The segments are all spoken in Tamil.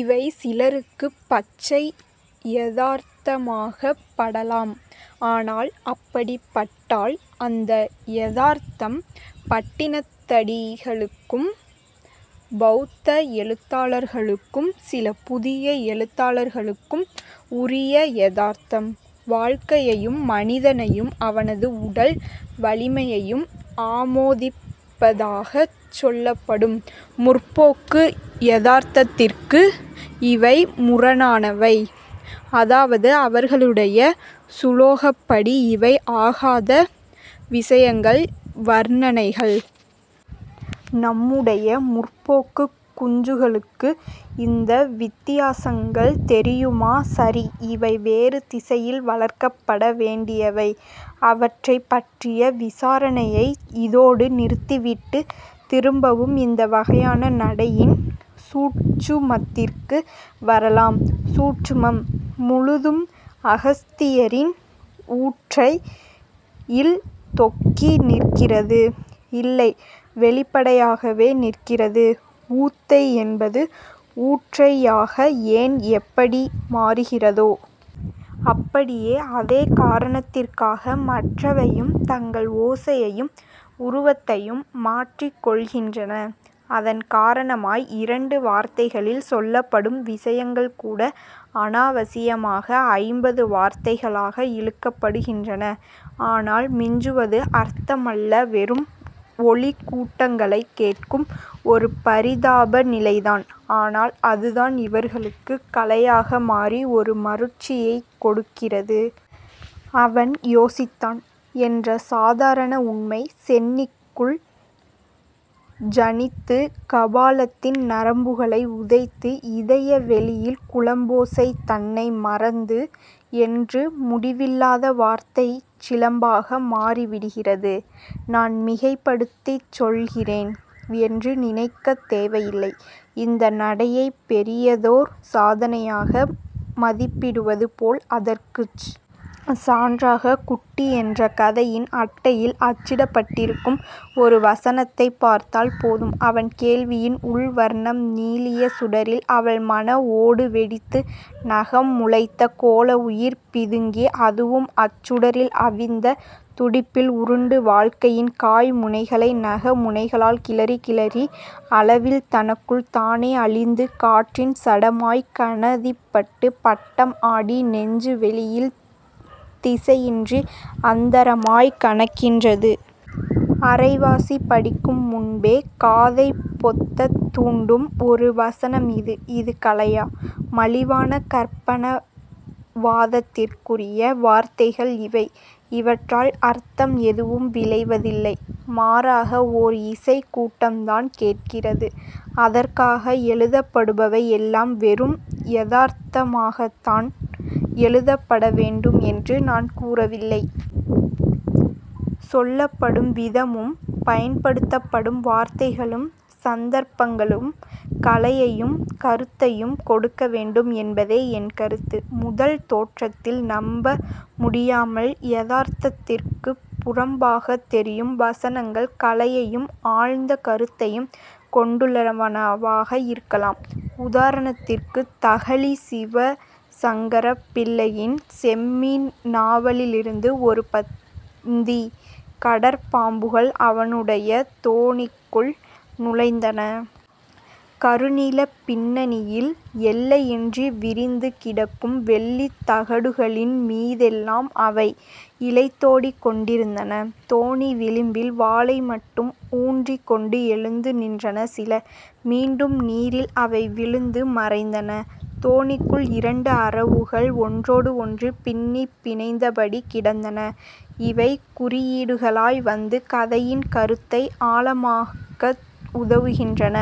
இவை சிலருக்குப் பச்சை யதார்த்தமாகப் படலாம். ஆனால் அப்படிப் பட்டால், அந்த யதார்த்தம் பட்டினத்தடிகளுக்கும் பௌத்த எழுத்தாளர்களுக்கும் சில புதிய எழுத்தாளர்களுக்கும் உரிய யதார்த்தம். வாழ்க்கையையும் மனிதனையும் அவனது உடல் வலிமையையும் ஆமோதிப்பதாகச் சொல்லப்படும் 'முற்போக்கு' யதார்த்தத்திற்கு இவை முரணானவை. அதாவது அவர்களுடைய சுலோகப்படி இவை ஆகாத விஷயங்கள், வர்ணனைகள். நம்முடைய முற்போக்குக் குஞ்சுகளுக்கு இந்த வித்தியாசங்கள் தெரியுமா? சரி, இவை வேறு திசையில் வளர்க்கப்பட வேண்டியவை. அவற்றைப் பற்றிய விசாரணையை இதோடு நிறுத்திவிட்டு, திரும்பவும் இந்த வகையான நடையின் 'சூட்சுமத்திற்கு' வரலாம். 'சூட்சுமம்' முழுதும் அகஸ்தியரின் 'ஊற்றை'யில் தொக்கி நிற்கிறது இல்லை, வெளிப்படையாகவே நிற்கிறது. 'ஊத்தை' என்பது 'ஊற்றை'யாக ஏன், எப்படி மாறுகிறதோ... அப்படியே, அதே காரணத்திற்காக மற்றவையும் தங்கள் ஓசையையும் உருவத்தையும் மாற்றிக்கொள்கின்றன. அதன் காரணமாய் இரண்டு வார்த்தைகளில் சொல்லப்படும் விஷயங்கள்கூட அனாவசியமாக ஐம்பது வார்த்தைகளாக இழுக்கப்படுகின்றன. ஆனால் மிஞ்சுவது அர்த்தமல்ல வெறும் ஒலிக் கூட்டங்களைக் கேட்கும் ஒரு பரிதாப நிலைதான். ஆனால் அதுதான் இவர்களுக்குக் கலையாக மாறி ஒரு மருட்சியைக் கொடுக்கிறது. 'அவன் யோசித்தான்' என்ற சாதாரண உண்மை, சென்னிக்குள் ஜனித்து, கபாலத்தின் நரம்புகளை உதைத்து, இதய வெளியில் குளம்போசை தன்னை மறந்து. என்று முடிவில்லாத வார்த்தைச் சிலம்பாக மாறிவிடுகிறது. நான் மிகைப்படுத்திச் சொல்கிறேன் என்று நினைக்கத் தேவையில்லை. இந்த நடையைப் பெரியதோர் சாதனையாக மதிப்பிடுவது போல், அதற்குச் சான்றாக 'குட்டி' என்ற கதையின் அட்டையில் அச்சிடப்பட்டிருக்கும் ஒரு வசனத்தைப் பார்த்தால் போதும்: அவன் கேள்வியின் உள் வர்ணம் நீளிய சுடரில் அவள் மன ஓடு வெடித்து, நகம் முளைத்த கோள உயிர் பிதுங்கி, அதுவும் அச்சுடரில் அவிந்த துடிப்பில் உருண்டு, வாழ்க்கையின் காய் முனைகளை நக முனைகளால் கிளறி, கிளறி அளவில் தனக்குள் தானே அழிந்து, காற்றின் சடமாய்க் கணதிப்பட்டு, பட்டம் ஆடி நெஞ்சு வெளியில் திசையின்றி அந்தரமாய்க் கனக்கின்றது. அரைவாசி படிக்கும் முன்பே காதைப் பொத்தத் தூண்டும் ஒரு வசனம் இது. இது கலையா? மலிவான கற்பனாவாதத்திற்குரிய வார்த்தைகள் இவை. இவற்றால் அர்த்தம் எதுவும் விளைவதில்லை. மாறாக, ஓர் இசைக் கூட்டம்தான் கேட்கிறது. அதற்காக எழுதப்படுபவை எல்லாம் வெறும் 'யதார்த்தமாகத்தான்' எழுதப்பட வேண்டும் என்று நான் கூறவில்லை. சொல்லப்படும் விதமும், பயன்படுத்தப்படும் வார்த்தைகளும், சந்தர்ப்பங்களும் கலையையும் கருத்தையும் கொடுக்க வேண்டும் என்பதே என் கருத்து. முதல் தோற்றத்தில் நம்ப முடியாமல் யதார்த்தத்திற்குப் புறம்பாகத் தெரியும் வசனங்கள், கலையையும் ஆழ்ந்த கருத்தையும் கொண்டுள்ளனவாக இருக்கலாம். உதாரணத்திற்குத் தகழி சிவசங்கரப் பிள்ளையின் 'செம்மீன்' நாவலிலிருந்து ஒரு பந்தி: கடற்பாம்புகள் அவனுடைய தோணிக்குள் நுழைந்தன. கருநீலப் பின்னணியில் எல்லையின்றி விரிந்து கிடக்கும் வெள்ளித் தகடுகளின் மீதெல்லாம் அவை இழைந்தோடிக்கொண்டிருந்தன. தோணி விளிம்பில் வாலை மட்டும் ஊன்றிக்கொண்டு எழுந்து நின்றன சில. மீண்டும் நீரில் அவை விழுந்து மறைந்தன. தோணிக்குள் இரண்டு அரவுகள் ஒன்றோடு ஒன்று பின்னிப் பிணைந்தபடி கிடந்தன. இவை குறியீடுகளாய் வந்து கதையின் கருத்தை ஆழமாக்க உதவுகின்றன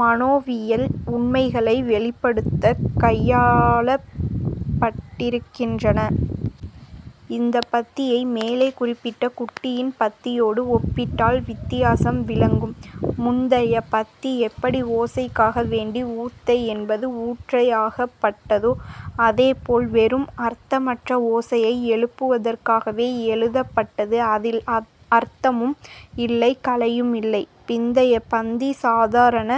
மனோவியல் உண்மைகளை வெளிப்படுத்தக் கையாளப்பட்டிருக்கின்றன. இந்தப் பத்தியை மேலே குறிப்பிட்ட 'குட்டி'யின் பத்தியோடு ஒப்பிட்டால் வித்தியாசம் விளங்கும். முந்தைய பத்தி, எப்படி ஓசைக்காக வேண்டி 'ஊத்தை' என்பது 'ஊற்றை'யாக்கப்பட்டதோ, அதே போல் வெறும் அர்த்தமற்ற ஓசையை எழுப்புவதற்காகவே எழுதப்பட்டது. அதில் அர்த்தமும் இல்லை, கலையும் இல்லை. பிந்தைய பந்தி சாதாரண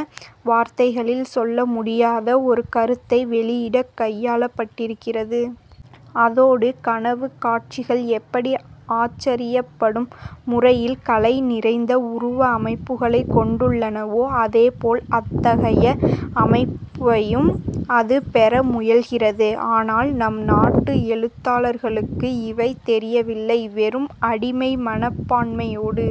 வார்த்தைகளில் சொல்ல முடியாத ஒரு கருத்தை வெளியிடக் கையாளப்பட்டிருக்கிறது. அதோடு கனவுக் காட்சிகள் எப்படி ஆச்சரியப்படும் முறையில் கலை நிறைந்த உருவ அமைப்புகளைக் கொண்டுள்ளனவோ, அதே போல் அத்தகைய அமைப்பையும் அது பெற முயல்கிறது. ஆனால் நம் நாட்டு எழுத்தாளர்களுக்கு இவை தெரியவில்லை வெறும் அடிமை மனப்பான்மையோடு